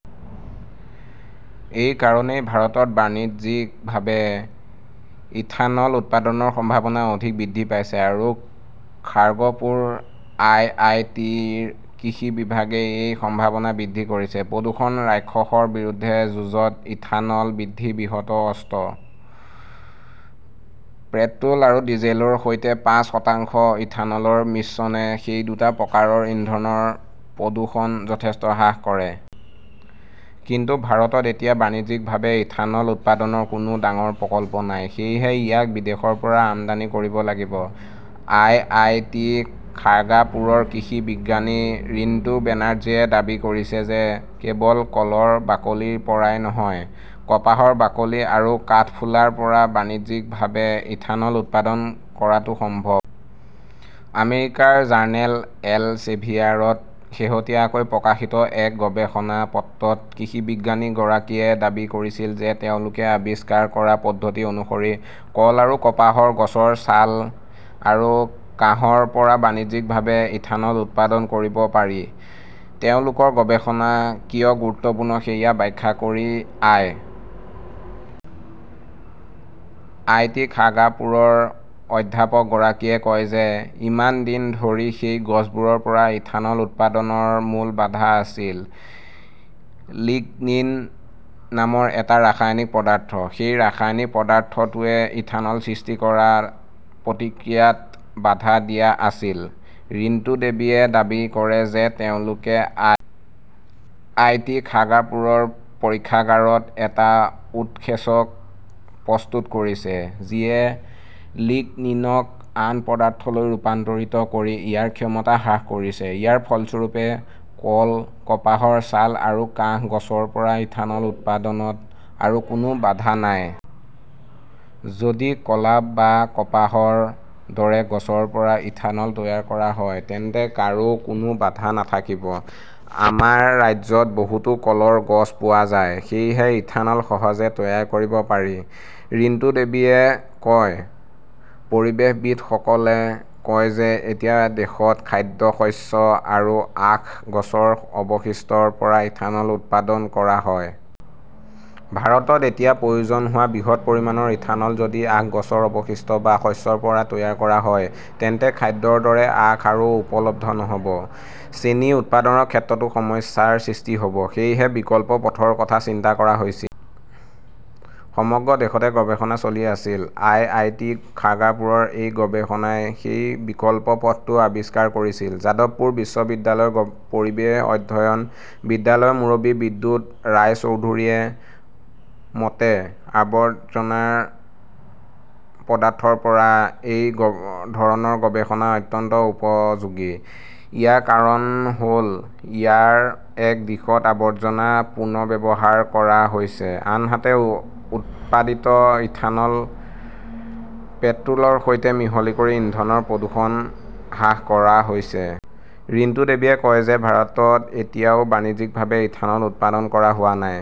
এই কাৰণেই ভাৰতত বাণিজ্যিকভাৱে ইথানল উৎপাদনৰ সম্ভাৱনা অধিক বৃদ্ধি পাইছে। আৰু খাৰ্গপুৰ আই. আই. টি. -ৰ কৃষি বিভাগে এই সম্ভাৱনা বৃদ্ধি কৰিছে। প্ৰদূষণ-ৰাক্ষসৰ বিৰুদ্ধে যুঁজত ইথানল হৈছে বৃহৎ অস্ত্ৰ। পেট্ৰ "ল আৰু ডিজেলৰ সৈতে পাঁচ শতাংশ ইথানলৰ মিশ্ৰণে সেই দুটা প্ৰকাৰৰ ইন্ধনৰ প্ৰদূষণ যথেষ্ট হ্ৰাস কৰে। কিন্তু ভাৰতত এতিয়া বাণিজ্যিকভাৱে ইথানল উৎপাদনৰ কোনো ডাঙৰ প্ৰকল্প নাই। সেয়েহে ইয়াক বিদেশৰ পৰা আমদানি কৰিব লাগিব। আই. আই. টি. খাৰ্গাপুৰৰ কৃষি বিজ্ঞানী ৰিণ্টু বেনাৰ্জীয়ে দাবী কৰিছে যে কেৱল কলৰ বাকলিৰ পৰাই নহয়, কপাহৰ বাকলি আৰু কাঠফুলাৰ পৰা বাণিজ্যিকভাৱে ইথানল উৎপাদন কৰাটো সম্ভৱ। আমেৰিকাৰ জাৰ্নেল এলচেভিয়াৰত শেহতীয়াকৈ প্ৰকাশিত এক গৱেষণাপত্ৰত কৃষি বিজ্ঞানীগৰাকীয়ে দাবী কৰিছিল যে তেওঁলোকে আৱিষ্কাৰ কৰা পদ্ধতি অনুসৰি কল আৰু কপাহৰ গছৰ ছাল আৰু কাহৰ পৰা বাণিজ্যিকভাৱে ইথানল উৎপাদন কৰিব পাৰি। তেওঁলোকৰ গৱেষণা কিয় গুৰুত্বপূৰ্ণ সেয়া ব্যাখ্যা কৰি আই. আই. টি. খাৰ্গাপুৰৰ অধ্যাপকগৰাকীয়ে কয় যে ইমান দিন ধৰি সেই গছবোৰৰ পৰা ইথানল উৎপাদনৰ মূল বাধা আছিল লিগনিন নামৰ এটা ৰাসায়নিক পদাৰ্থ। সেই ৰাসায়নিক পদাৰ্থটোৱে ইথানল সৃষ্টি কৰা প্ৰতিক্ৰিয়াত বাধা দি আছিল। ৰিণ্টুদেৱীয়ে দাবী কৰে যে তেওঁলোকে আই. আই. টি. খাৰ্গাপুৰৰ পৰীক্ষাগাৰত এটা উৎসেচক প্ৰস্তুত কৰিছে যিয়ে লিগনিনক আন পদাৰ্থলৈ ৰূপান্তৰিত কৰি ইয়াৰ ক্ষমতা হ্ৰাস কৰিছে। ইয়াৰ ফলস্বৰূপে কল, কপাহৰ ছাল আৰু কাহ গছৰ পৰা ইথানল উৎপাদনত আৰু কোনো বাধা নাই। "যদি কলা বা কপাহৰ দৰে গছৰ পৰা ইথানল তৈয়াৰ কৰা হয় তেন্তে কাৰো কোনো বাধা নাথাকিব। আমাৰ ৰাজ্যত বহুতো কলৰ গছ পোৱা যায়। সেয়েহে ইথানল সহজে তৈয়াৰ কৰিব পাৰি ", ৰিন্তুদেৱীয়ে কয়। পৰিৱেশবিদসকলে কয় যে এতিয়া দেশত খাদ্যশস্য আৰু আখ গছৰ অৱশিষ্টৰ পৰা ইথানল উৎপাদন কৰা হয়। ভাৰতত এতিয়া প্ৰয়োজন হোৱা বৃহৎ পৰিমাণৰ ইথানল যদি আখ গছৰ অৱশিষ্ট বা শস্যৰ পৰা তৈয়াৰ কৰা হয়, তেন্তে খাদ্যৰ দৰে আখ আৰু উপলব্ধ নহ 'ব। চেনি উৎপাদনৰ ক্ষেত্ৰতো সমস্যাৰ সৃষ্টি হ "ব। সেয়েহে বিকল্প পথৰ কথা চিন্তা কৰা হৈছিল। সমগ্ৰ দেশতে গৱেষণা চলি আছিল। আইআইটি খাৰ্গাপুৰৰ এই গৱেষণাই সেই বিকল্প পথটো আৱিষ্কাৰ কৰিছিল। যাদৱপুৰ বিশ্ববিদ্যালয়ৰ পৰিৱেশ অধ্যয়ন বিদ্যালয়ৰ মুৰব্বী বিদ্যুৎ ৰায়চৌধুৰীৰ মতে, আৱৰ্জনা পদাৰ্থৰ পৰা এই ধৰণৰ গৱেষণা অত্যন্ত উপযোগী। ইয়াৰ কাৰণ হ "ল, ইয়াৰ এক দিশত আৱৰ্জনা পুনৰ্ব্যৱহাৰ কৰা হৈছে, আনহাতে উৎপাদিত ইথানল পেট্ৰ" লৰ সৈতে মিহলি কৰি ইন্ধনৰ প্ৰদূষণ হ্ৰাস কৰা হৈছে। ৰিণ্টুদেৱীয়ে কয় যে ভাৰতত এতিয়াও বাণিজ্যিকভাৱে ইথানল উৎপাদন কৰা হোৱা নাই।